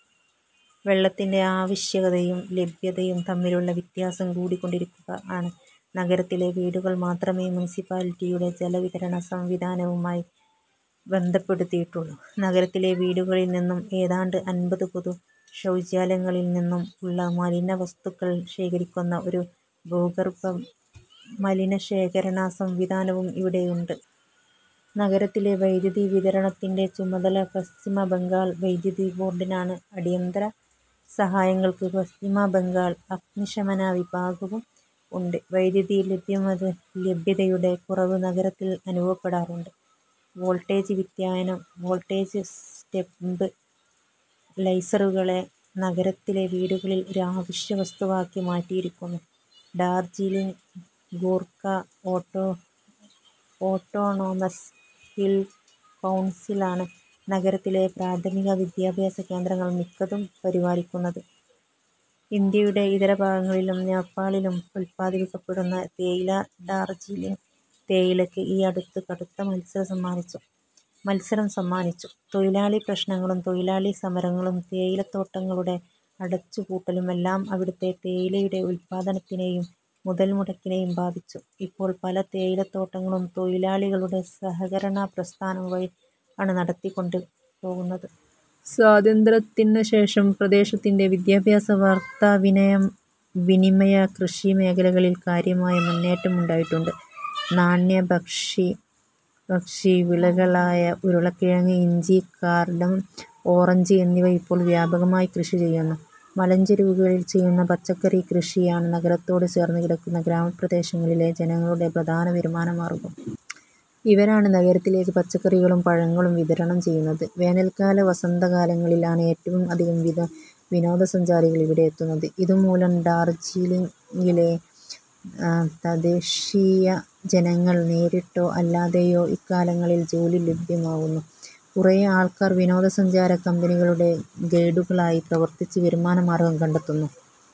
വെള്ളത്തിന്റെ ആവശ്യകതയും ലഭ്യതയും തമ്മിലിലുള്ള വ്യത്യാസം കൂടികൊണ്ടിരിക്കുക ആണ്. നഗരത്തിലെ വീടുകൾ മാത്രമേ മുൻസിപ്പാലിറ്റിയുടെ ജല വിതരണ സംവിധാനവുമായി ബന്ധപ്പെടുത്തിയിട്ടുള്ളൂ. നഗരത്തിലെ വീടകളിൽ നിന്നും ഏതാണ്ട് അൻപത് പൊതു ശൌചാലയങ്ങളിൽ നിന്നും ഉള്ള മലിന വസ്തുക്കൾ ശേഖരിക്കുന്ന ഒരു ഭൂഗർഭ മലിന ശേഖരണ സംവിധാനവും ഇവിടെ ഉണ്ട്. നഗരത്തിലെ വൈദ്യുതി വിതരണത്തിന്റെ ചുമതല പശ്ചിമ ബംഗാൾ വൈദ്യുതി ബോർഡിനാണ്. അടിയന്തര സഹായങ്ങൾക്ക് പശ്ചിമ ബംഗാൾ അഗ്നി ശമന വിഭാഗവും ഉണ്ട്. വൈദ്യുതി ലഭ്യതയുടെ കുറവ് നഗരത്തിൽ അനുഭവപ്പെടാറുണ്ട്. വോൾട്ടേജ് വ്യതിയാനം വോൾട്ടേജ് സ്റ്റെബ് ലൈസറുകളെ നഗരത്തിലെ വീടുകളിൽ ഒരു ആവശ്യ വസ്തുവാക്കി മാറ്റിയിരിക്കുന്നു. Darjeeling Gorkha autonomous hill council ആണ് നഗരത്തിലെ പ്രാഥമിക വിദ്യാഭ്യാസ കേന്ദ്രങ്ങൾ മിക്കതും പരിപാലിക്കുന്നത്. ഇന്ത്യയുടെ ഇതരഭാഗങ്ങളിലും നേപ്പാളിലും ഉല്പാദിപ്പിക്കപ്പെടുന്ന തേയില ഡാർജീലിംഗ് തേയിലയ്ക്ക് ഈ അടുത്ത് കടുത്ത മത്സരം സമ്മാനിച്ചു. തൊഴിലാളി പ്രശ്നങ്ങളും, തൊഴിലാളി സമരങ്ങളും, തേയിലത്തോട്ടങ്ങളുടെ അടച്ചുപൂട്ടലും എല്ലാം ഇവിടുത്തെ തേയിലയുടെ ഉത്പാദനത്തിനെയും മുതൽമുടക്കിനേയും ബാധിച്ചു. ഇപ്പോൾ പല തേയിലത്തോട്ടങ്ങളും തൊഴിലാളികളുടെ സഹകരണ പ്രസ്ഥാനം വഴി ആണ് നടത്തികൊണ്ടുപോകുന്നത്. സ്വാതന്ത്രത്തിനു ശേഷം പ്രദേശത്തിന്റെ വിദ്യാഭ്യാസ, വാർത്താവിനിമയ, കൃഷി മേഖലകളിൽ കാര്യമായ മുന്നേറ്റം ഉണ്ടായിട്ടുണ്ട്. നാണ്യ/ഭക്ഷ്യ വിളകളായ ഉരുളക്കിഴങ്ങ്, ഇഞ്ചി, കാർഡമം, ഓറഞ്ച് എന്നിവ ഇപ്പോൾ വ്യാപകമായി കൃഷി ചെയ്യുന്നു. മലഞ്ചെരിവുകളിൽ ചെയ്യുന്ന പച്ചക്കറി കൃഷി ആണ് നഗരത്തോട് ചേർന്ന് കിടക്കുന്ന ഗ്രാമപ്രദേശങ്ങളിലെ ജനങ്ങളുടെ പ്രധാന വരുമാന മാർഗ്ഗം. ഇവരാണ് നഗരത്തിലേക്ക് പച്ചക്കറികളും പഴങ്ങളും വിതരണം ചെയ്യുന്നത്. വേനൽക്കാല വസന്തകാലങ്ങളിൽ ആണ് ഏറ്റവും അധികം വിനോദ സഞ്ചാരികൾ ഇവിടെ എത്തുന്നത്. ഇതു മൂലം ഡാർജീലിംഗിലെ തദേശ്ശീയ ജനങ്ങൾ നേരിട്ടോ അല്ലാതെയോ ഇക്കാലങ്ങളിൽ ജോലി ലഭ്യമാകുന്നു. കുറേ ആൾക്കാർ വിനോദസഞ്ചാര കമ്പനികളുടെ ഗൈഡുകൾ ആയി പ്രവർത്തിച്ച് വരുമാന മാർഗ്ഗം കണ്ടെത്തുന്നു.